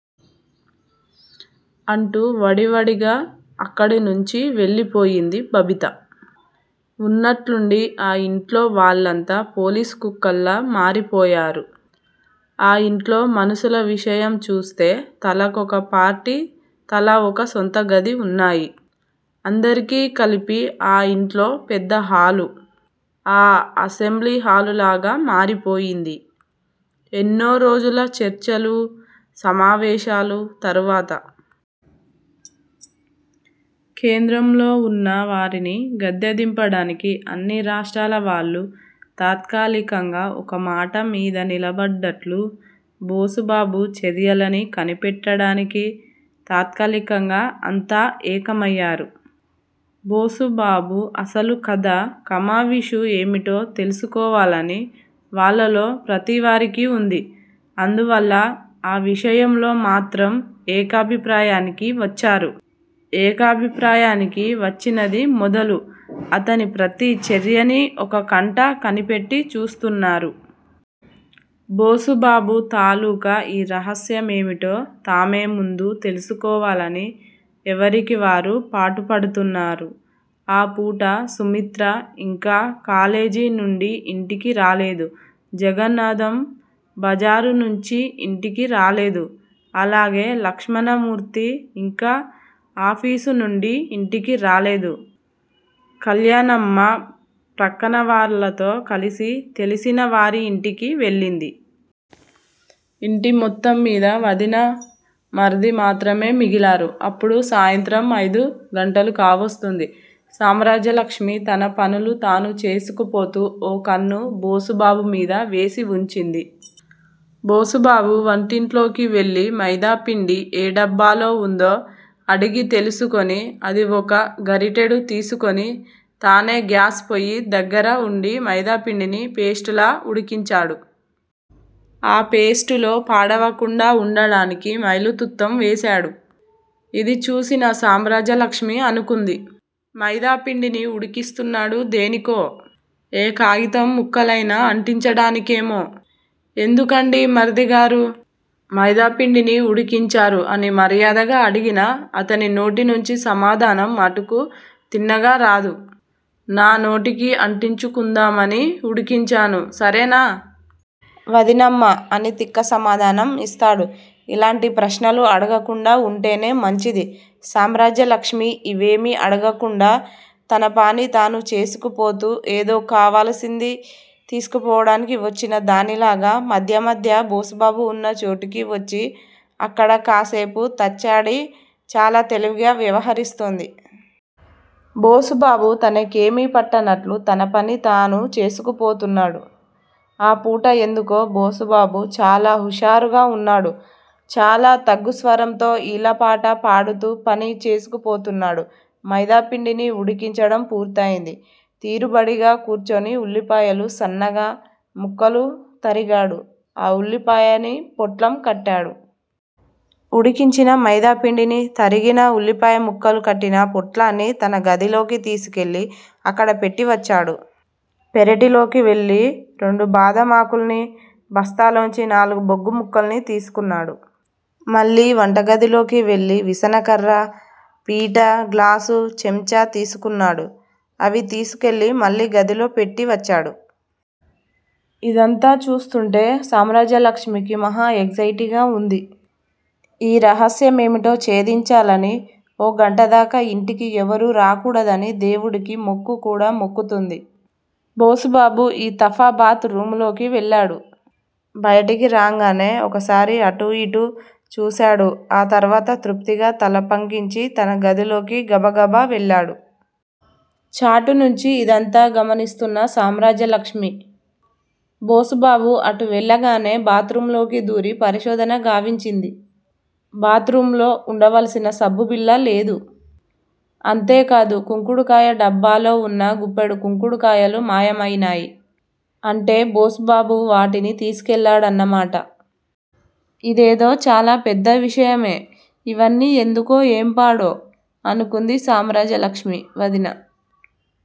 అంటూ వడివడిగా అక్కడి నుంచి వెళ్ళిపోయింది బబిత. ఉన్నట్లుండి ఆ యింట్లో వాళ్ళంతా పోలీసు కుక్కల్లా మారిపోయారు. ఆ యింట్లో మనుషుల విషయం చూస్తే తలకొక పార్టీ, తలావొక సొంతగది వున్నాయి. అందరికీ కలిపి ఆ యింట్లో పెద్దహాలు. ఆ అసెంబ్లీ హాలులాగా మారిపోయింది. ఎన్నో రోజుల చర్చలూ, సమావేశాలు తరువాత. కేంద్రంలో వున్న వారిని గద్దెదింపటానికి అన్ని రాష్ట్రాల వాళ్లూ తాత్కాలికంగా ఒకమాట మీద నిలబడ్డట్లు, బోసుబాబు చర్యలని కనిపెట్టటానికి, తాత్కాలికంగా అంతా ఏకమయ్యారు. బోసుబాబు అసలు కథా కమావిషు ఏమిటో తెలుసుకోవాలని వాళ్ళల్లో ప్రతివారికీ వుంది. అందువల్ల ఈ విషయంలో మాత్రం ఏకాభిప్రాయానికి వచ్చారు. ఏకాభిప్రాయానికి వచ్చినది మొదలు అతని ప్రతి చర్యనీ ఒకకంట కనిపెట్టి చూస్తున్నారు. బోసుబాబు తాలూకా ఈ రహస్యమేమిటో తామే ముందు తెలుసుకోవాలని ఎవరికి వారు పాటుపడుతున్నారు. ఆ పూట. సుమిత్ర ఇంకా కాలేజీ నుండీ ఇంటికిరాలేదు. జగన్నాధం బజారునుంచీ ఇంటికి రాలేదు. అలాగే లక్ష్మణమూర్తి ఇంకా ఆఫీసునుండీ ఇంటికి రాలేదు. కల్యాణమ్మ ప్రక్కవాళ్ళతో కలిసి తెలిసిన వారింటికి వెళ్ళింది. ఇంటి మొత్తం మీద వదినా, మరిది మాత్రమే మిగిలారు. అప్పుడు సాయంత్రం అయిదు గంటలు కావస్తోంది. సామ్రాజ్యలక్ష్మి తన పనులు తాను చేసుకుపోతూ ఓ కన్ను బోసుబాబు మీద వేసి వుంచింది. బోసుబాబు వంటింట్లోకి వెళ్ళి మైదాపిండి ఏ డబ్బాలో వుందో అడిగి తెలుసుకుని అది ఒక గరిటెడు తీసుకుని, తానే గ్యాస్ పొయ్యి దగ్గరవుండి మైదాపిండిని పేస్ట్ లా ఉడికించాడు. ఆ పేస్ట్ లో పాడవకుండా వుండటానికి మైలుతుత్తం వేశాడు. ఇది చూసిన సామ్రాజ్యలక్ష్మి అనుకుంది. మైదాపిండిని ఉడికిస్తున్నాడు దేనికో? ఏ కాయితం ముక్కలయినా అంటించటానికేమో? ఎందుకండీ మరిదిగారూ! మైదాపిండిని ఉడికించారు అని మర్యాదగా అడిగినా అతని నోటిలోంచి సమాధానం మటుకు తిన్నగా రాదు. నా నోటికి అంటించుకుందామని ఉడికించాను సరేనా? వదినమ్మా! అని తిక్క సమాధానం ఇస్తాడు. ఇలాంటి ప్రశ్నలు అడగకుండా వుంటేనే మంచిది. సామ్రాజ్యలక్ష్మి ఇవేమీ అడగకుండా తనపాని తను చేసుకుపోతూ ఏదో కావాల్సింది తీసుకోటానికి వచ్చిన దానిలాగా మధ్య మధ్య బోసుబాబు వున్న చోటుకి వచ్చి అక్కడ కాసేపు తచ్చాడి చాలా తెలివిగా వ్యవహరిస్తోంది. బోసుబాబు తనకేమీ పట్టనట్లు తన పని తాను చేసుకుపోతున్నాడు. ఆ పూట ఎందుకో బోసుబాబు చాలా హుషారుగా వున్నాడు. చాలా తగ్గుస్వరంతో ఈలపాట పాడుతూ పని చేసుకుపోతున్నాడు. మైదాపిండిని ఉడికించడం పూర్తయింది. తీరుబడిగా కూర్చుని ఉల్లిపాయలు సన్నగా ముక్కలు తరిగాడు. ఆ ఉల్లిపాయని పొట్లం కట్టాడు. ఉడికించిన మైదాపిండిని తరిగిన ఉల్లిపాయ ముక్కలు కట్టిన పొట్లాన్ని తన గదిలోకి తీసుకెళ్ళి అక్కడ పెట్టి వచ్చాడు. పెరటిలోకి వెళ్ళి రెండు బాదం ఆకుల్ని బస్తాలోంచి నాలుగు బొగ్గు ముక్కల్ని తీసుకున్నాడు. మళ్ళీ వంటగదిలోకి వెళ్ళి విసనకర్రా, పీటా, గ్లాసూ చెంచా తీసుకున్నాడు. అవి తీసుకువెళ్ళి మళ్ళీ గదిలో పెట్టి వచ్చాడు. ఇదంతా చూస్తుంటే, సామ్రాజ్యలక్ష్మికి మహాయాంగ్జేటీగా వుంది. ఈ రహస్యమేమిటో ఛేదించాలని. ఓ గంటదాకా ఇంటికి ఎవరూ రాకూడదని దేవుడికి మొక్కు కూడా మొక్కుకుంది. బోసుబాబు ఈ తఫా బాత్ రూమ్ లోకి వెళ్ళాడు. బయటకి రాంగానే ఒకసారి అటూ ఇటూ చూశాడు ఆ తరువాత తృప్తిగా తలపంకించి తన గదిలోకి గబగబా వెళ్లాడు. చాటునుంచీ ఇదంతా గమనిస్తున్న సామ్రాజ్యలక్ష్మి. బోసుబాబు అటు వెళ్ళగానే బాత్ రూమ్ లో దూరి పరిశోధన గావించింది. బాత్ రూమ్ లో వుండవలసిన సబ్బుబిళ్ళ లేదు. అంతే కాదు కుంకుడుకాయ డబ్బాలో వున్న గుప్పెడు కుంకుడు కాయలు మాయమయినాయి. అంటే బోసుబాబు వాటిని తీసుకువెళ్ళాడన్న మాట. ఇదేదో చాలా పెద్ద విషయమే. ఇవన్నీ ఎందుకో ఏంపాడో? అనుకుంది సామ్రాజ్యలక్ష్మి. వదినా!